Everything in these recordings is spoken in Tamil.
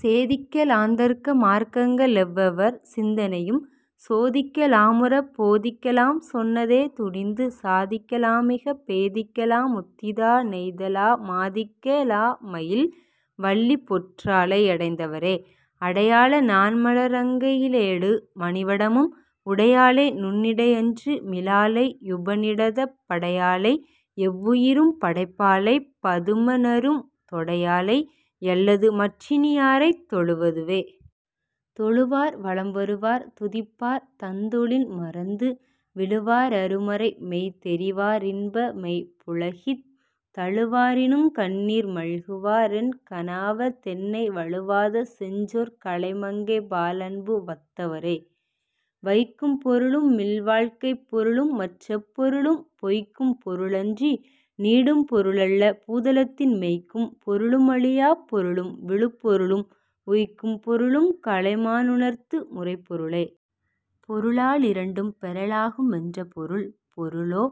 சேதிக்க லாந்தர்க்க மார்க்கங்க ளெவ்வெவர் சிந்தனையும் சோதிக்க லாமுறப் போதிக்க லாம்சொன்ன தேதுணிந்து சாதிக்க லாமிகப் பேதிக்க லாமுத்திதா னெய்தலா மாதிக்க லாமயில் வல்லிபொற் றாளை யடைந்தவரே. அடையாள நாண்மல ரங்கையி லேடு மணிவடமும் உடையாளை நுண்ணிடை யன்று மிலாளை யுபநிடதப் படையாளை யெவ்வுயிரும் படைப்பாளைப் பதுமநறும் தொடையாளை யல்லது மற்றினி யாரைத் தொழுவதுவே. தொழுவார் வலம்வருவார் துதிப்பார் தந்தொழின் மறந்து விழுவா ரருமறைமெய் தெரிவா ரின்பமெய் புளகித் தழுவா ரினுங்கண்ணீர் மல்குவா ரென்கணாவ தென்னை வழுவாத செஞ்சொற் கலைமங்கை பாலன்பு வத்தவரே. வைக்கும் பொருளு மில்வாழ்க்கைப் பொருளுமற் றப்பொருளும் பொய்க்கும் பொருளன்றி நீடும் பொருளல்ல பூதலத்தின் மெய்க்கும் பொருளு மழியாப் பொருளும் விழுப்பொருளும் உய்க்கும் பொருளுங் கலைமா னுணர்த்து முரைப்பொருளே. பொருளா லிரண்டும் பெறலாகு மென்றபொருள் பொருளோ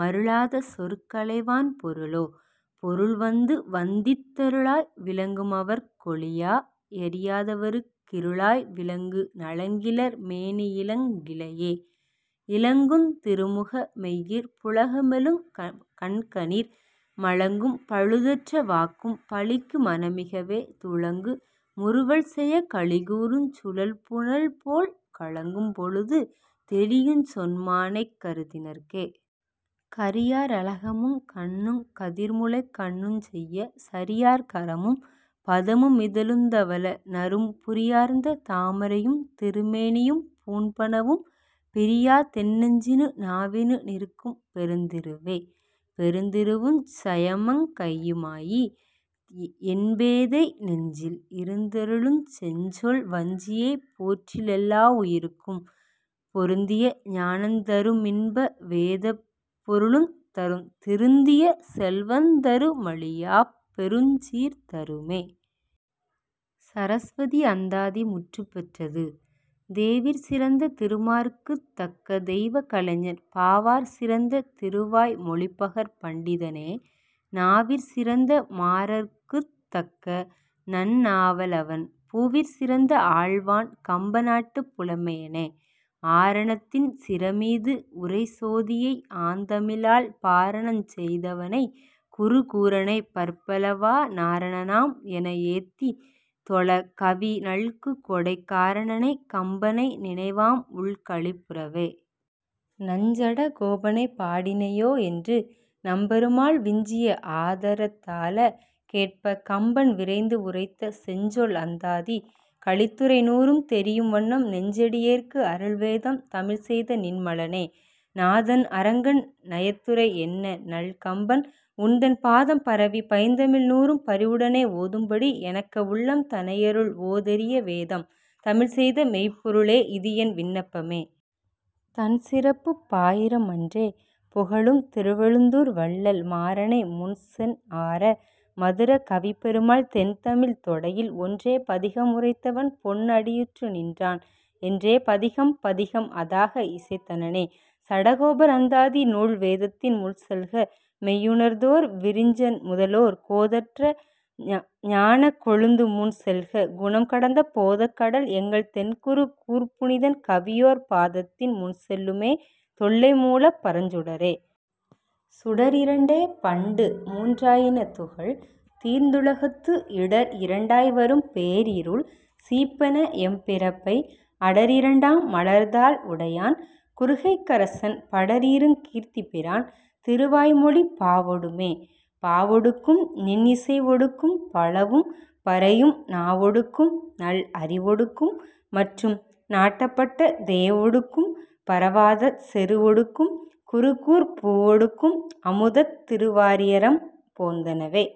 மருளாத சொற்கலை வான்பொருளோ பொருள் வந்துவந்தித் தருளாய் விளங்கு மவர்க் கொளியா யறியாதவருக் கிருளாய் விளங்கு நலங்கிளர் மேனியிலங் கிழையே. இலங்குந் திருமுக மெய்யிற் புளகமெழுங் கண்கணீர் மலங்கும் பழுதற்ற வாக்கும் பலிக்கு மனமிகவே துலங்கு முறுவல் செயக் களிகூருஞ் சுழல்புனல்போல் கலங்கும் பொழுது தெளியுஞ் சொன்மானைக் கருதினர்க்கே. கரியா ரளகமுங் கண்ணுங் கதிர்முலைக் கண்ணுஞ்செய்ய சரியார் கரமும் பதமு மிதழுந்தவள நறும் புரியார்ந்த தாமரையுந் திருமேனி யும்பூண் பனவும் பிரியா தென்னெஞ்சினு நாவினு நிற்கும் பெருந்திருவே. பெருந்திருவுஞ் சயமங் கையுமாகி யென்பேதை நெஞ்சில் இருந்தருளுஞ் செஞ்சொல் வஞ்சியைப் போற்றிலெல்லாவுயிர்க்கும் பொருந்திய ஞானந்தரு மின்பவேதப் பொருளுந் தருந் திருந்திய செல்வந்தரு மழியாப் பெருஞ் சீர்தருமே. சரஸ்வதி அந்தாதி முற்றுப்பெற்றது. தேவிற் சிறந்த திருமாற்குத் தக்கதெய்வக் கலைஞன் பாவாற் சிறந்த திருவாய் மொழிபகர் பண்டிதனே நாவிற் சிறந்த மாறற் குத் தக்கநன் நாவலவன் பூவிற் சிறந்த ஆழ்வான் கம்பநாட்டுப் புலமையனே. ஆரணத் தின் சிரமீது உறை சோதியை ஆந்தமிழால் பாரணஞ் செய்தவனைக் குரு கூரனைப் பற்பலவா நாரணனாம் என ஏத்தித் தொழக் கவி நல்குகொடைக் காரணனைக் கம்பனைக் நினைவாம் உள் களிப்புறவே. நஞ் சடகோபனைப் பாடினையோ என்று நம்பெருமாள் விஞ்சிய ஆதரத்தால கேட்பக் கம்பன் விரைந்து உரைத்த செஞ்சொல் அந்தாதி கலித்துறை நூறும் தெரியும் வண்ணம் நெஞ்சடி யேற்கு அருள் வேதம் தமிழ்செய்த நின்மலனே. நாதன் அரங்கன் நயத்துரை என்ன நல் கம்பன் உன்தன் பாதம் பரவி பைந்தமிழ் நூறும் பரிவுடனே ஓதும்படி எனக்க உள்ளம் தனையருள் ஓதரிய வேதம் தமிழ்செய்த மெய்ப்பொருளே இதுஎன் விண்ணப்பமே. தன் சிறப்புப் பாயிரம் மன்றே புகழும் திருவழுந்தூர் வள்ளல் மாறனை முன் சென்ஆற மதுர கவிப்பெருமாள் தென்தமிழ்த் தொடையில் ஒன்றே பதிகம் உரைத்தவன் பொன்அடியுற்று நின்றான் என்றே பதிகம் பதிகம் அதாக இசைத்தனனே. சடகோபர் அந்தாதி நூல் வேதத்தின் முன்செல்க மெய்யுணர்தோர் விரிஞ்சன் முதலோர் கோதற்ற ஞானக் கொழுந்துமுன் செல்க குணம்கடந்த போதக்கடல் எங்கள் தென்குரு கூர்ப் புனிதன் கவிஓர் பாதத்தின் முன்செல்லுமே தொல்லை மூலப் பரஞ்சுடரே. சுடர் இரண்டே பண்டு முன்றாயின துகள், தீர்ந்துலகத்து இடர் இரண்டாய் வரும் பேர்இருள் சீப்பன எம் பிறப்பை அடர்இரண்டாம் மலர்தாள் உடையான் குருகைக்கரசன் படர்இருங் கீர்த்திபிரான் திருவாய்மொழிப் பாவொடுமே. பாவொடுக்கும் நுண் இசை ஒடுக்கும் பலவும் பறையும் நாவொடுக்கும் நல் அறிவொடுக்கும் மற்றும் நாட்டப்பட்ட தேவொடுக்கும் பரவாதச் செரு ஒடுக்கும் குருகூர்ப் பூவொடுக்கும் அமுதத் திருவாரியரம் போந்தனவே.